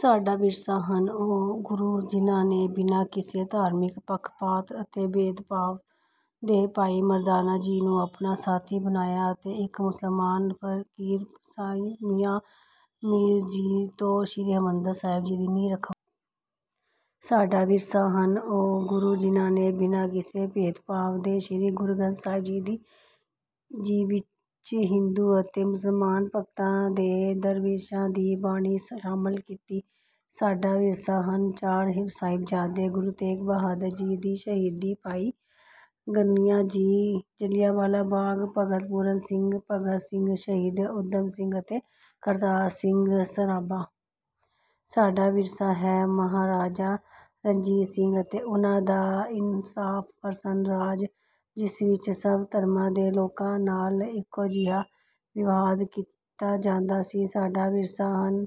ਸਾਡਾ ਵਿਰਸਾ ਹਨ ਉਹ ਗੁਰੂ, ਜਿਨ੍ਹਾਂ ਨੇ ਬਿਨਾਂ ਕਿਸੇ ਧਾਰਮਿਕ ਪੱਖ-ਪਾਤ ਅਤੇ ਭੇਦ-ਭਾਵ ਦੇ ਭਾਈ ਮਰਦਾਨਾ ਜੀ ਨੂੰ ਆਪਣਾ ਸਾਥੀ ਬਣਾਇਆ ਅਤੇ ਇੱਕ ਮੁਸਲਮਾਨ ਫ਼ਕੀਰ ਸਾਈਂ ਮੀਆਂ ਮੀਰ ਜੀ ਤੋਂ ਸ਼੍ਰੀ ਹਰਿਮੰਦਰ ਸਾਹਿਬ ਦੀ ਨੀਂਹ ਰਖਵਾਈ। ਸਾਡਾ ਵਿਰਸਾ ਹਨ ਉਹ ਗੁਰੂ, ਜਿਨ੍ਹਾਂ ਨੇ ਬਿਨਾਂ ਕਿਸੇ ਭੇਦ-ਭਾਵ ਦੇ ਸ਼੍ਰੀ ਗੁਰੂ ਗ੍ਰੰਥ ਸਾਹਿਬ ਜੀ ਵਿੱਚ ਹਿੰਦੂ ਅਤੇ ਮੁਸਲਮਾਨ ਭਗਤਾਂ ਤੇ ਦਰਵੇਸ਼ਾਂ ਦੀ ਬਾਣੀ ਸ਼ਾਮਲ ਕੀਤੀ। ਸਾਡਾ ਵਿਰਸਾ ਹਨ ਚਾਰ ਸਾਹਿਬਜ਼ਾਦੇ, ਗੁਰੂ ਤੇਗ ਬਹਾਦਰ ਜੀ ਦੀ ਸ਼ਹੀਦੀ, ਭਾਈ ਘਨੱਈਆ ਜੀ, ਜੱਲ੍ਹਿਆਂਵਾਲਾ ਬਾਗ, ਭਗਤ ਪੂਰਨ ਸਿੰਘ, ਭਗਤ ਸਿੰਘ, ਸ਼ਹੀਦ ਊਧਮ ਸਿੰਘ, ਅਤੇ ਕਰਤਾਰ ਸਿੰਘ ਸਰਾਭਾ। ਸਾਡਾ ਵਿਰਸਾ ਹੈ ਮਹਾਰਾਜਾ ਰਣਜੀਤ ਸਿੰਘ ਅਤੇ ਉਨ੍ਹਾਂ ਦਾ ਇਨਸਾਫ਼-ਪਸੰਦ ਰਾਜ, ਜਿਸ ਵਿੱਚ ਸਭ ਧਰਮਾਂ ਦੇ ਲੋਕਾਂ ਨਾਲ ਇੱਕੋ ਜਿਹਾ ਵਿਵਹਾਰ ਕੀਤਾ ਜਾਂਦਾ ਸੀ। ਸਾਡਾ ਵਿਰਸਾ ਹਨ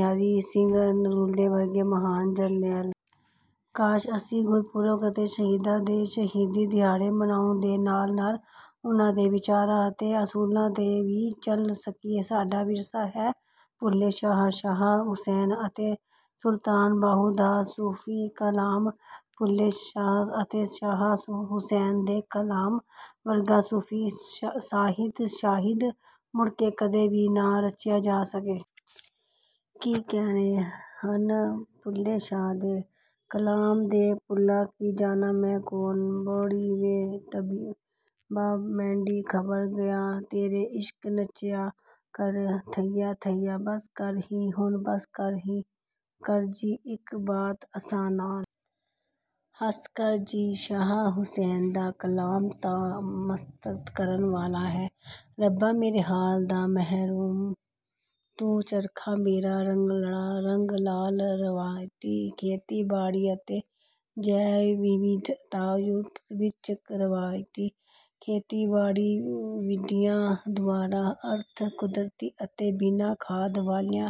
ਹਰੀ ਸਿੰਘ ਨਲੂਏ ਵਰਗੇ ਮਹਾਨ ਜਰਨੈਲ। ਕਾਸ਼! ਅਸੀਂ ਗੁਰਪੁਰਬ ਅਤੇ ਸ਼ਹੀਦਾਂ ਦੇ ਸ਼ਹੀਦੀ ਦਿਹਾੜੇ ਮਨਾਉਣ ਦੇ ਨਾਲ-ਨਾਲ ਉਨ੍ਹਾਂ ਦੇ ਵਿਚਾਰਾਂ ਅਤੇ ਅਸੂਲਾਂ 'ਤੇ ਵੀ ਚੱਲ ਸਕੀਏ। ਸਾਡਾ ਵਿਰਸਾ ਹੈ ਬੁੱਲ੍ਹੇ ਸ਼ਾਹ, ਸ਼ਾਹ ਹੁਸੈਨ, ਅਤੇ ਸੁਲਤਾਨ ਬਾਹੂ ਦਾ ਸੂਫ਼ੀ ਕਲਾਮ। ਬੁੱਲ੍ਹੇ ਸ਼ਾਹ ਅਤੇ ਸ਼ਾਹ ਹੁਸੈਨ ਦੇ ਕਲਾਮ ਵਰਗਾ ਸੂਫ਼ੀ ਸਾਹਿਤ ਸ਼ਾਇਦ ਮੁੜ ਕੇ ਕਦੇ ਵੀ ਨਾ ਰਚਿਆ ਜਾ ਸਕੇ। ਕੀ ਕਹਿਣੇ ਹਨ ਬੁੱਲ੍ਹੇ ਸ਼ਾਹ ਦੇ ਕਲਾਮ ਦੇ:"ਬੁੱਲ੍ਹਾ ਕੀ ਜਾਣਾ ਮੈਂ ਕੌਣ""ਬਹੁੜੀਂ ਵੇ ਤਬੀਬਾ ਮੈਂਡੀ ਖਬਰ ਗਈਆ, ਤੇਰੇ ਇਸ਼ਕ ਨਚਾਇਆ ਕਰ ਥਈਆ ਥਈਆ""ਬਸ ਕਰ ਜੀ ਹੁਣ ਬਸ ਕਰ ਜੀ, ਇੱਕ ਬਾਤ ਅਸਾਂ ਨਾਲ ਹੱਸ ਕਰ ਜੀ"ਸ਼ਾਹ ਹੁਸੈਨ ਦਾ ਕਲਾਮ ਤਾਂ ਮਸਤ ਕਰਨ ਵਾਲਾ ਹੈ:"ਰੱਬਾ ਮੇਰੇ ਹਾਲ ਦਾ ਮਹਿਰਮੁ ਤੂੰ""ਚਰਖਾ ਮੇਰਾ ਰੰਗਲੜਾ ਰੰਗ ਲਾਲ" ਰਵਾਇਤੀ ਖੇਤੀਬਾੜੀ ਅਤੇ ਜੈਵ-ਵਿਵਿਧਤਾਯੂਰਪ ਵਿੱਚ ਰਵਾਇਤੀ ਖੇਤੀਬਾੜੀਵਿਧੀਆਂ ਦੁਆਰਾ ਅਰਧ-ਕੁਦਰਤੀ ਅਤੇ ਬਿਨਾਂ ਖਾਦ ਵਾਲੀਆਂ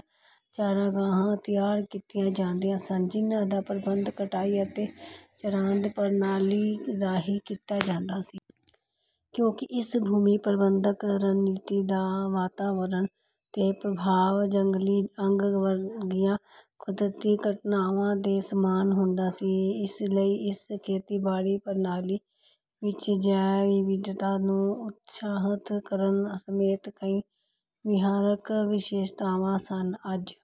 ਚਰਾਗਾਹਾਂ ਤਿਆਰ ਕੀਤੀਆਂ ਜਾਂਦੀਆਂ ਸਨ, ਜਿਨ੍ਹਾਂ ਦਾ ਪ੍ਰਬੰਧਨ ਕਟਾਈ ਅਤੇ ਚਰਾਂਦ ਪ੍ਰਣਾਲੀ ਰਾਹੀਂ ਕੀਤਾ ਜਾਂਦਾ ਸੀ। ਕਿਉਂਕਿ ਇਸ ਭੂਮੀ ਪ੍ਰਬੰਧਨ ਰਣਨੀਤੀ ਦਾ ਵਾਤਾਵਰਣ 'ਤੇ ਪ੍ਰਭਾਵ ਜੰਗਲੀ ਅੱਗ ਵਰਗੀਆਂ ਕੁਦਰਤੀ ਘਟਨਾਵਾਂ ਦੇ ਸਮਾਨ ਹੁੰਦਾ ਸੀ, ਇਸ ਲਈ ਇਸ ਖੇਤੀਬਾੜੀ ਪ੍ਰਣਾਲੀ ਵਿੱਚ ਜੈਵ-ਵਿਵਿਧਤਾ ਨੂੰ ਉਤਸ਼ਾਹਤ ਕਰਨ ਸਮੇਤ ਕਈ ਵਿਹਾਰਕ ਵਿਸ਼ੇਸ਼ਤਾਵਾਂ ਸਨ। ਅੱਜ